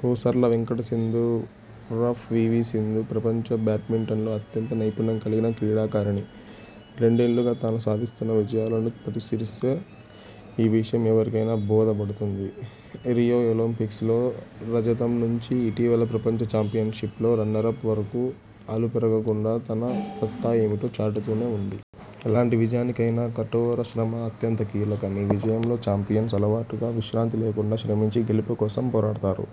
పూసర్ల వెంకట సింధు ఉరఫ్ పీవీ సింధు.. ప్రపంచ బ్యాడ్మింటన్లో అత్యంత నైపుణ్యం కలిగిన క్రీడాకారిణి.. రెండేళ్లుగా తాను సాధిస్తున్న విజయాలను పరిసీలిస్తే ఈ విషయం ఎవరికైనా బోధపడుతుంది. రియో ఒలింపిక్స్లో రజతం నుంచి ఇటీవలి ప్రపంచ చాంపియన్షిప్లో రన్నరప్ వరకు అలుపెరగకుండా తన సత్తా ఏమిటో చాటుతూనే ఉంది. ఎలాంటి విజయానికైనా కఠోరశ్రమ అత్యంత కీలకం. ఈ విషయంలో చాంపియన్స్ ఆటగాళ్లు విశ్రాంతి లేకుండా శ్రమించి గెలుపు కోసం పోరాడతారు.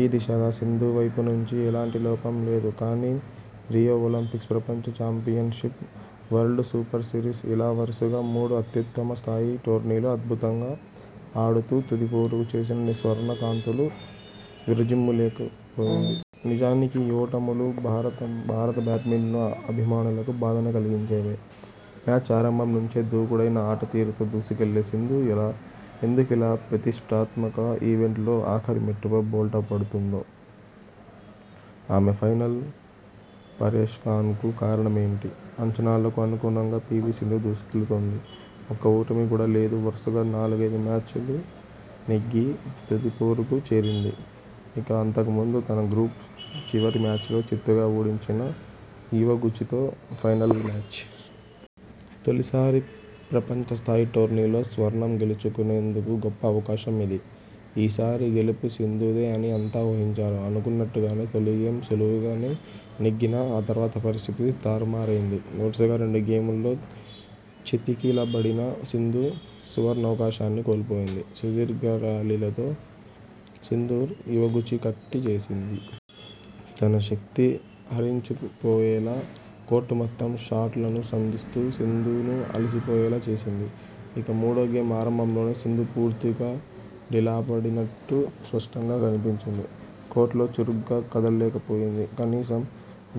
ఈ దిశగా సింధు వైపునుంచి ఎలాంటి లోపం లేదు. కానీ రియో ఒలింపిక్స్, ప్రపంచ చాంపియన్షిప్, వరల్డ్ సూపర్ సిరీస్.. ఇలా వరుసగా మూడు అత్యుత్తమ స్థాయి టోర్నీల్లో అద్భుతంగా ఆడుతూ తుది పోరుకు చేరినా స్వర్ణ కాంతులు విరజిమ్మలేకపోయింది. నిజానికి ఈ ఓటములు భారతం భారత బ్యాడ్మింటన్ అభిమానులకు బాధను కలిగించేవే! మ్యాచ్ ఆరంభం నుంచే దూకుడైన ఆటతీరుతో దూసుకెళ్లే సింధు ఇలా ఎందుకిలా ప్రతిష్ఠాత్మక ఈవెంట్లలో ఆఖరి మెట్టుపై బోల్తా పడుతోందో? ఆమె 'ఫైనల్' పరేష్కాన్కు కారణమేంటి? అంచనాలకు అనుగుణంగా పీవీ సింధు దూసుకెళుతోంది. ఒక్క ఓటమి కూడా లేదు వరుసగా నాలుగుఐదుమ్యాచ్లు నెగ్గి తుదిపోరుకు చేరింది ఇక అంతకుముందు తన గ్రూప్ చివరిమ్యాచ్లో చిత్తుగా ఓడించిన యువగుచితో ఫైనల్ మ్యాచ్. తొలిసారి ప్రపంచస్థాయి టోర్నీలో స్వర్ణం గెలుచుకునేందుకు గొప్ప అవకాశం ఇది. ఈసారీ గెలుపు సింధుదే అని అంతా ఊహించారు. అనుకున్నట్టుగానే తొలి గేమ్ సులువుగా నే నెగ్గినా ఆ తర్వాత పరిస్థితి తారుమారైంది. వరుసగా రెండు గేముల్లో చితికిలబడిన సింధు సువర్ణావకాశాన్ని కోల్పోయింది. సుదీర్ఘర్యాలీలతో సింధు యువగుచి కట్టి చేసింది. తన శక్తి హరించుకుపోయేలా కోర్టు మొత్తం షాట్లను సంధిస్తూ సింధును అలసిపోయేలా చేసింది. ఇక మూడో గేమ్ ఆరంభంలోనే సింధు పూర్తిగా డీలాపడినట్టు స్పష్టంగా కనిపించింది. కోర్టులో చురుగ్గా కదలలేకపోయింది. కనీసం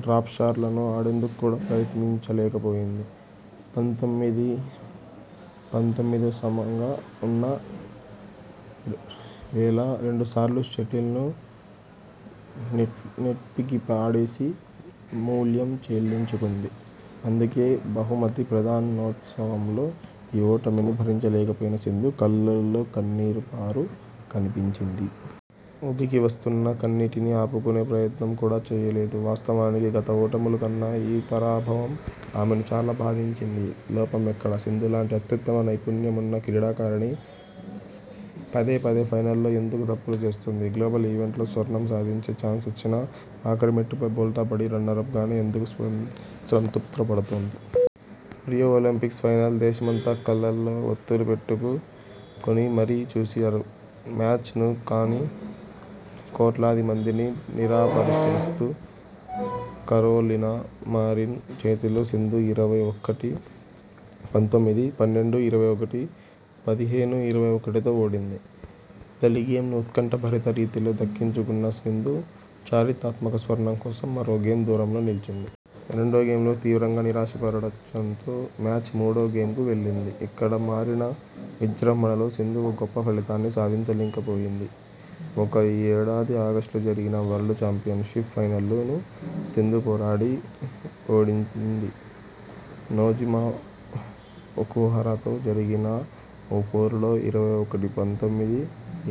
డ్రాప్షాట్లను ఆడేందుకు కూడా ప్రయత్నించ లేకపోయింది. పంతొమ్మిది-పంతొమ్మిది సమంగా ఉన్న వేళ రెండుసార్లు షటిల్ను నెట్ నెట్ కి పాడేసి మూల్యం చెల్లించుకుంది అందుకే బహుమతి ప్రదా నోత్సవంలో ఈ ఓటమిని భరించలేకపోయిన సింధు కళ్లల్లో కన్నీరు పారు కనిపించింది. ఉబికి వస్తున్న కన్నీటిని ఆపుకొనే ప్రయత్నం కూడా చేయలేదు. వాస్తవానికి గత ఓటముల కన్నా ఈ పరాభవం ఆమెను చాలా బాధించింది. లోపం ఎక్కడ? సింధులాంటి అత్యుత్తమ నైపుణ్యమున్న క్రీడాకారిణి పదేపదే ఫైనల్లో ఎందుకు తప్పులు చేస్తోంది? గ్లోబల్ ఈవెంట్ లో స్వర్ణం సాధించే చాన్స్ వచ్చినా ఆఖరిమెట్టుపై బోల్తాపడి రన్నరప్తోనే ఎందుకు స్వం సంతృప్తిపడుతోంది? రియో ఒలింపిక్స్ ఫైనల్.. దేశమంతా కళ్లల్లో ఒత్తులు పెట్టుకు కొని మరీ చూశారు మ్యాచ్ను. కానీ కోట్లాది మందిని నిరాశపరుస్తూ కరోలినా మారిన్ చేతిలో సింధు ఇరవై ఒక్కటి-పంతొమ్మిది, పన్నెండు-ఇరవై ఒకటి, పదిహేను-ఇరవై ఒకటితో ఓడింది తొలి గేమ్ను ఉత్కంఠ భరిత రీతిలో దక్కించుకున్న సింధు చారిత్రాత్మక స్వర్ణం కోసం మరో గేమ్ దూరంలో నిలిచింది. రెండోగేమ్లో తీవ్రంగా నిరాశపరడచడంతో మ్యాచ్ మూడో గేమ్కు వెళ్లింది. ఇక్కడ మారిన విజృంభాలో సింధు ఓ గొప్ప ఫలితాన్ని సాధించలేకపోయింది. ఒక ఈ ఏడాది ఆగస్టులో జరిగిన వరల్డ్ చాంపియన్షిప్ ఫైనల్లో నూ సింధు పోరాడి ఓడింది. నోజమ ఒకుహరా తో జరిగిన ఓ పోరులో ఇరవై ఒకటి-పంతొమ్మిది,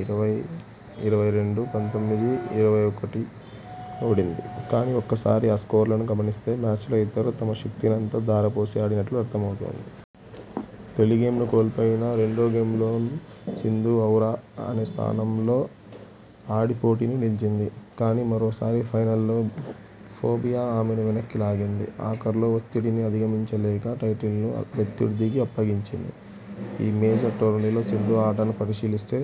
ఇరవై-ఇరవై రెండు, పంతొమ్మిది-ఇరవై ఒకటి ఓడింది కానీ ఒక్కసారి ఆ స్కోర్లను గమనిస్తే మ్యాచ్లో ఇద్దరు తమ శక్తినంతా ధారపోసి ఆడినట్టు అర్థమవుతుంది. తొలిగేమ్ను కోల్పోయినా రెండోగేమ్లో సింధు ఔరా.. అనే స్థానంలో ఆడి పోటీలో నిలిచింది. కానీ మరోసారి ఫైనల్లో ఫోబియా ఆమెను వెనక్కి లాగింది. ఆఖర్లో ఒత్తిడిని అధిగమించలేక టైటిల్ను ఆప్రత్యర్థికి అప్పగించింది. ఈ మేజర్ టోర్నీల్లో సింధు ఆటను పరిశీలిస్తే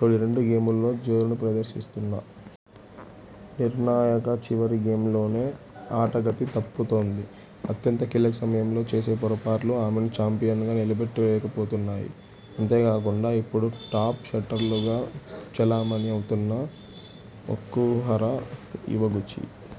తొలి రెండు గేముల్లో జోరును ప్రదర్శిస్తున్నా.. నిర్ణాయక చివరి గేమ్లోనే ఆట గతి తప్పుతోంది. అత్యంత కీలక సమయంలో చేసే పొరపాట్లు ఆమెను చాంపియన్గా నిలబెట్టలేకపోతున్నాయి. అంతేకాకుండా ఇప్పుడు టాప్ షట్లర్లుగా చెలామణి అవుతున్న ఒకుహర, యువగుచి,